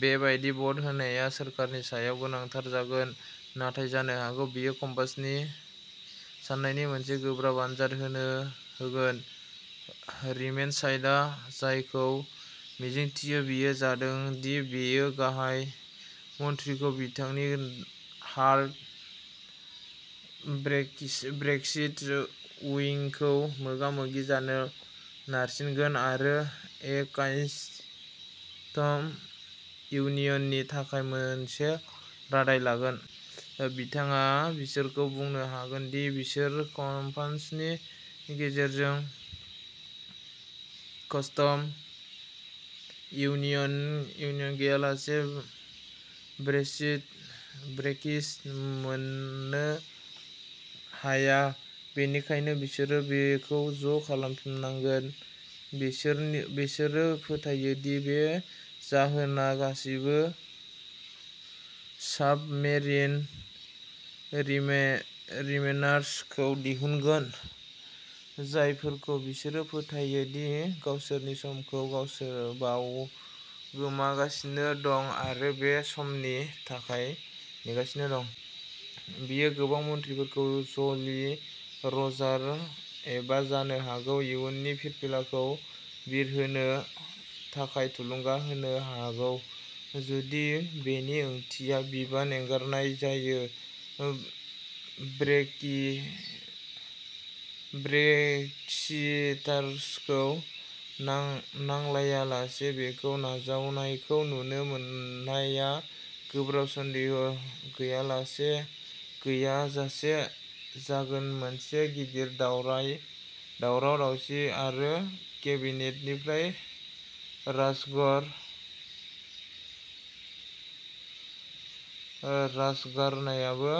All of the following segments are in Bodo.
बेबादि भट होनाया सोरखारनि सायाव गोनांथार जागोन। नाथाय जानो हागौ बेयो कमन्सनि साननायनि मोनसे गोब्राब आनजाद होगोन। रिमेन साइडआ जायखौ मिजिंथियो बेयो जादों दि बेयो गाहाय मन्थ्रिखौ बिथांनि हार्ड ब्रेक्सिट उइंखौ मोगा-मोगि जानो नारसिनगोन आरो ए कास्टम इउनियननि थाखाय मोनसे रादाय लागोन। बिथाङा बिसोरखौ बुंनो हागोन दि बिसोर कमन्सनि गेजेरजों कास्टम इउनियन गैयालासे ब्रेक्सिट मोननो हाया, बेनिखायनो बिसोरो बेखौ ज' खालामनांगोन। बिसोर फोथायो दि बे जाहोना गासिबो साबमेरिन रिमेनार्स खौ दिहुनगोन, जायफोरखौ बिसोरो फोथायो दि गावसोरनि समखौ बावसोमगासिनो दं आरो बे समनि थाखाय नेगासिनो दं। बेयो गोबां मन्थ्रिफोरखौ ज'लि रजार एबा जानो हागौ इयुनि फिरफिलाखौ बिरहोनो थाखाय थुलुंगा होनो हागौ, जुदिबो बेनि ओंथिया बिबान एंगारनाय जायो। ब्रेक्सिटार्सखौ नांलायालासे बेखौ नाजावनायखौ नुनो मोननाया गोब्राब। सन्देह गैयाजासे जागोन। मोनसे गिदिर दावराव-दावसि आरो केबिनेटनिफ्राय राजगारनायाबो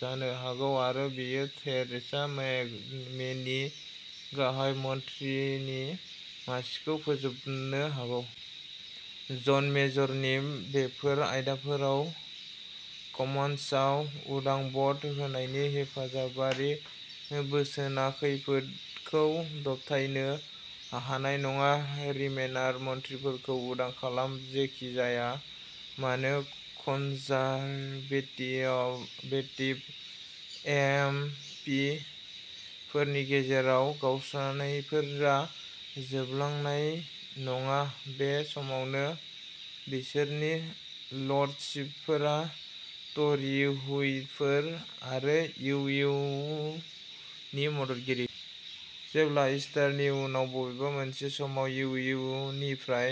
जानो हागौ आरो बेयो थेरेसा मेनि गाहाय मन्थ्रिनि मासिखौ फोजोबनो हागौ। जन मेजरनि बेफोर आयदाफोराव कमन्सआव उदां भ'ट होनायनि हेफाजाबारि बोसोनआ खैफोदखौ दबथायनो हानाय नङा रिमेनार मन्थ्रिफोरखौ उदां खालाम। जेखि जाया मानो, कनजारभेटिभ एम पि फोरनि गेजेराव गावस्रानायफोरा जोबलांनाय नङा। बे समावनो बिसोरनि लर्डशिपफोरा ट'रि हुइपफोर आरो इ इउ नि मददगिरि कनजारभेटिभफोरनि गोसोआरिखौ आनजाद नायनो थाखाय बांसिन गावस्रानाय भ'टफोर सोरजिनो नाजागोन। जेब्ला, ईस्टारनि उनाव बबेबा मोनसे समाव, इ इउ निफ्राय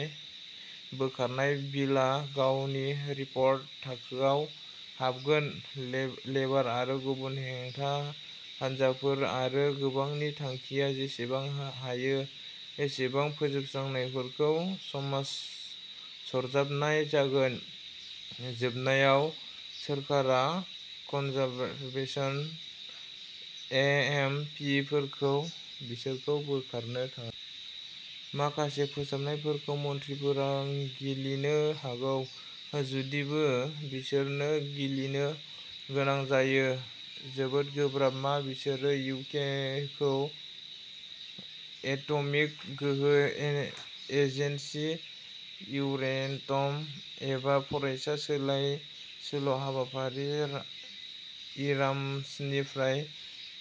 बोखारनाय बिलआ गावनि रिपर्ट थाखोआव हाबगोन, लेबार आरो गुबुन हेंथा हानजाफोर आरो गोबांनि थांखिया जेसेबां हायो एसेबां फोसाबनायफोरखौ सरजाबनाय जागोन, जोबनायाव सोरखारा कनजारभेटिभ एम पि फोरखौ बिसोरखौ बोखारनो थाखाय हुइप खालामनो नारसिननाय जागोन, जेब्ला बिलखौ कमन्सआव दैथायहरफिननाय जागोन। माखासे फोसाबनायफोरखौ मन्थ्रिफोरा गिलिनो हागौ, जुदिबो बिसोरनो गिलिनो गोनां जायो। जोबोद गोब्राब। मा बिसोरो इउकेखौ एट'मिक गोहो एजेन्सि, इउरेटम, एबा फरायसा सोलाय-सोल' हाबाफारि, इरास्मासनिफ्राय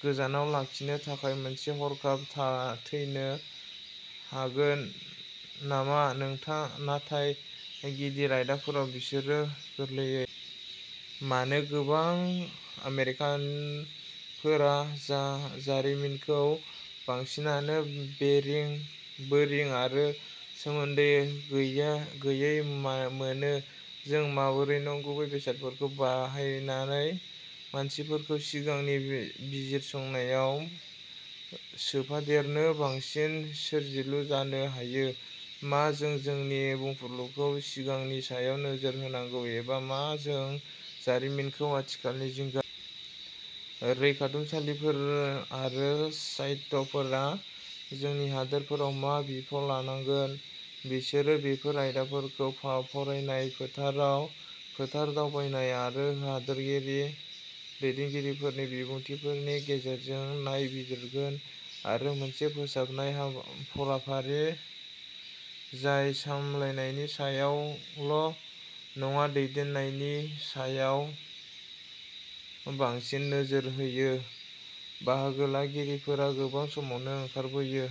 गोजानाव लाखिनो थाखाय मोनसे हाखराव थैनो हागोन नामा? नाथाय गिदिर आयदाफोराव, बिसोरो गोरलैयैनो सोदांनायफोरखौ गिलिनो हाया, जाय इउकेखौ दि एबा ए कास्टम इउनियनआव थानो गोनां खालामो आरोबाव खम सोदांनायफोर जाय आरोबाव मोनसे रेफरेन्डमखौ बिथोन होयो। मानो गोबां आमेरिकानफोरा जारिमिनखौ, बांसिनानो, बोरिं आरो सोमोन्दो गैयै मोनो? जों माबोरै नंगुबै बेसादफोरखौ बाहायनानै मानसिफोरखौ सिगांनि बिजिरसंनायाव सोफादेरनो बांसिन सोरजिलु जानो हायो? मा जों जोंनि बुंफुरलुखौ सिगांनि सायाव नोजोर होनांगौ एबा मा जों जारिमिनखौ आथिखालनि जिंगाफोरनि थाखाय बाहायजाथाव खालामनो लामा नागिरनांगौ? रैखाथुमसालिफोर आरो साइटफोरा जोंनि हारिफोराव मा बिफाव लानांगोन? बिसोरो बेफोर आयदाफोरखौ फरायनाय, फोथार दावबायनाय आरो हादोरारि दैदेनगिरिफोरनि बिबुंथिफोरनि गेजेरजों नायबिजिरगोन आरो मोनसे फोसाबनाय फरायफारि जाय सामलायनायनि सायावल' नङा, दैदेननायनि सायाव बांसिन नोजोर होयो। बाहागो लागिरिफोरा गोबां समावनो ओंखारबोयो।